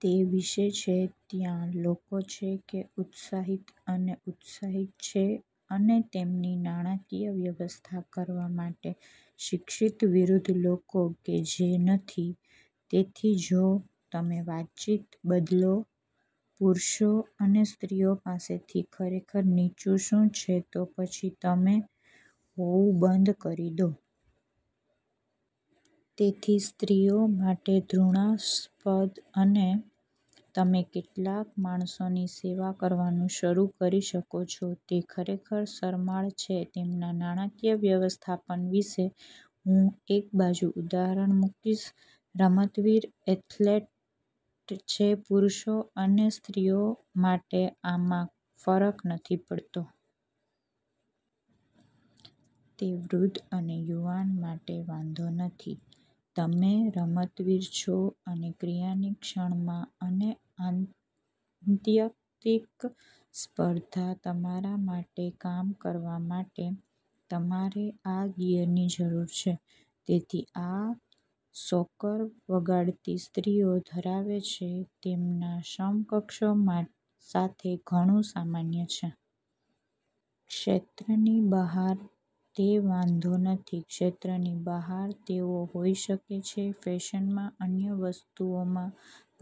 તે વિશે છે, ત્યાં લોકો છે કે ઉત્સાહિત અને ઉત્સાહિત છે અને તેમની નાણાકીય વ્યવસ્થા કરવા માટે શિક્ષિત વિરુદ્ધ લોકો કે જે નથી. તેથી જો તમે વાતચીત બદલો પુરુષો અને સ્ત્રીઓ પાસેથી ખરેખર નીચે શું છે, તો પછી તમે હોવું બંધ કરી દો. તેથી સ્ત્રીઓ માટે ઘૃણાસ્પદ અને તમે કેટલાક માણસોની સેવા કરવાનું શરૂ કરી શકો છો, તે ખરેખર શરમાળ છે તેમના નાણાકીય વ્યવસ્થાપન વિશે. હું એક બીજું ઉદાહરણ મૂકીશ. રમતવીર એથ્લેટ છે. પુરુષો અને સ્ત્રીઓ માટે આમાં ફરક નથી પડતો. તે વૃદ્ધ અને યુવાન માટે વાંધો નથી, તમે રમતવીર છો અને ક્રિયાની ક્ષણમાં અને આત્યંતિક સ્પર્ધા તમારા માટે કામ કરવા માટે તમારે આ ગિયરની જરૂર છે. તેથી આ સોકર વગાડતી સ્ત્રીઓ ધરાવે છે, તેમના સમકક્ષો સાથે ઘણું સામાન્ય છે. ક્ષેત્રની બહાર, તે વાંધો નથી. ક્ષેત્રની બહાર, તેઓ હોઈ શકે છે ફેશનમાં, અન્ય વસ્તુઓમાં,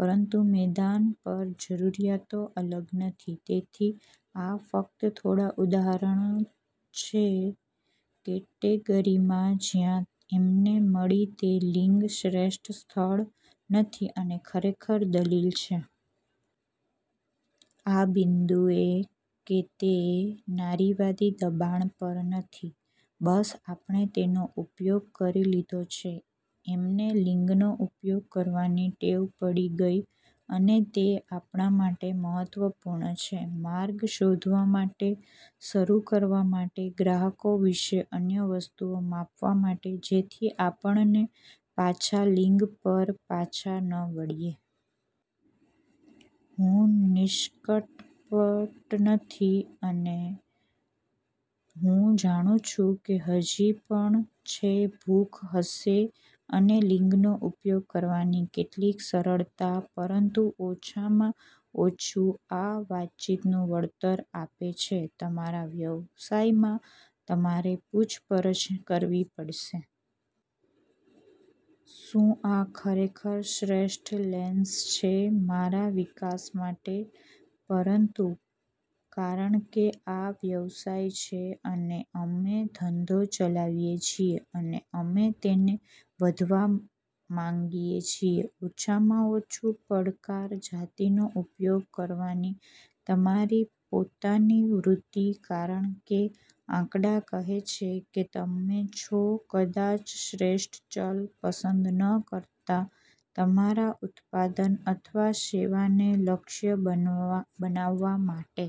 પરંતુ મેદાન પર જરૂરિયાતો અલગ નથી. તેથી આ ફક્ત થોડા ઉદાહરણો છે કેટેગરીમાં જ્યાં અમને મળી તે લિંગ શ્રેષ્ઠ સ્થળ નથી અને ખરેખર દલીલ છે. આ બિંદુએ કે તે નારીવાદી દબાણ પણ નથી, બસ, આપણે તેનો ઉપયોગ કરી લીધો છે. અમને લિંગનો ઉપયોગ કરવાની ટેવ પડી ગઈ અને તે આપણા માટે મહત્વપૂર્ણ છે. માર્ગ શોધવા માટે શરૂ કરવા માટે, ગ્રાહકો વિશે અન્ય વસ્તુઓ માપવા માટે જેથી આપણે પાછા લિંગ પર પાછા ન વળીએ. હું નિષ્કપટ નથી અને હું જાણું છું કે હજી પણ છે ભૂખ હશે અને લિંગનો ઉપયોગ કરવાની કેટલીક સરળતા, પરંતુ ઓછામાં ઓછું આ વાતચીતનું વળતર આપે છે. તમારા વ્યવસાયમાં, તમારે પૂછપરછ કરવી પડશે. શું આ ખરેખર શ્રેષ્ઠ લેન્સ છે મારા વિકાસ માટે? પરંતુ કારણ કે આ વ્યવસાય છે અને અમે ધંધો ચલાવીએ છીએ, અને અમે તેને વધવા માંગીએ છીએ ઓછામાં ઓછું પડકાર જાતિનો ઉપયોગ કરવાની તમારી પોતાની વૃત્તિ, કારણ કે આંકડા કહે છે કે તમે છો કદાચ શ્રેષ્ઠ ચલ પસંદ ન કરતા તમારા ઉત્પાદન અથવા સેવાને લક્ષ્ય બનાવવા માટે.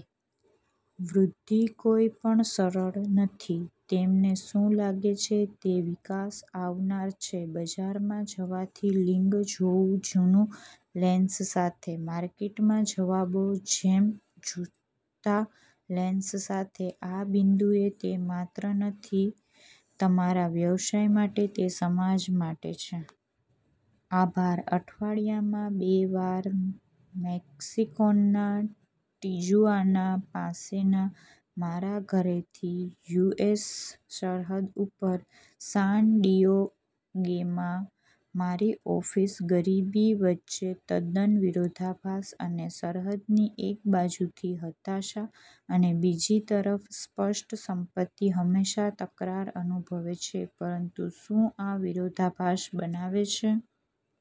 વૃદ્ધિ કોઈ પણ સરળ નથી. તમને શું લાગે છે તે વિકાસ આવનાર છે ,બજારમાં જવાથી લિંગ જેવા જૂનાં લેન્સ સાથે? માર્કેટમાં જવાબો જેમ જૂતા લેન્સ સાથે? આ બિંદુએ, તે માત્ર નથી તમારા વ્યવસાય માટે, તે સમાજ માટે છે. આભાર. અઠવાડિયામાં બે વાર, મેક્સિકોના ટિજુઆના પાસેના મારા ઘરેથી યુ. એસ. સરહદ ઉપર, સાન ડિએગોમાં મારી ઓફિસ ગરીબી વચ્ચે તદ્દન વિરોધાભાસ અને સરહદની એક બાજુથી હતાશા અને બીજી તરફ સ્પષ્ટ સંપત્તિ હંમેશા તકરાર અનુભવે છે. પરંતુ શું આ વિરોધાભાસ બનાવે છે.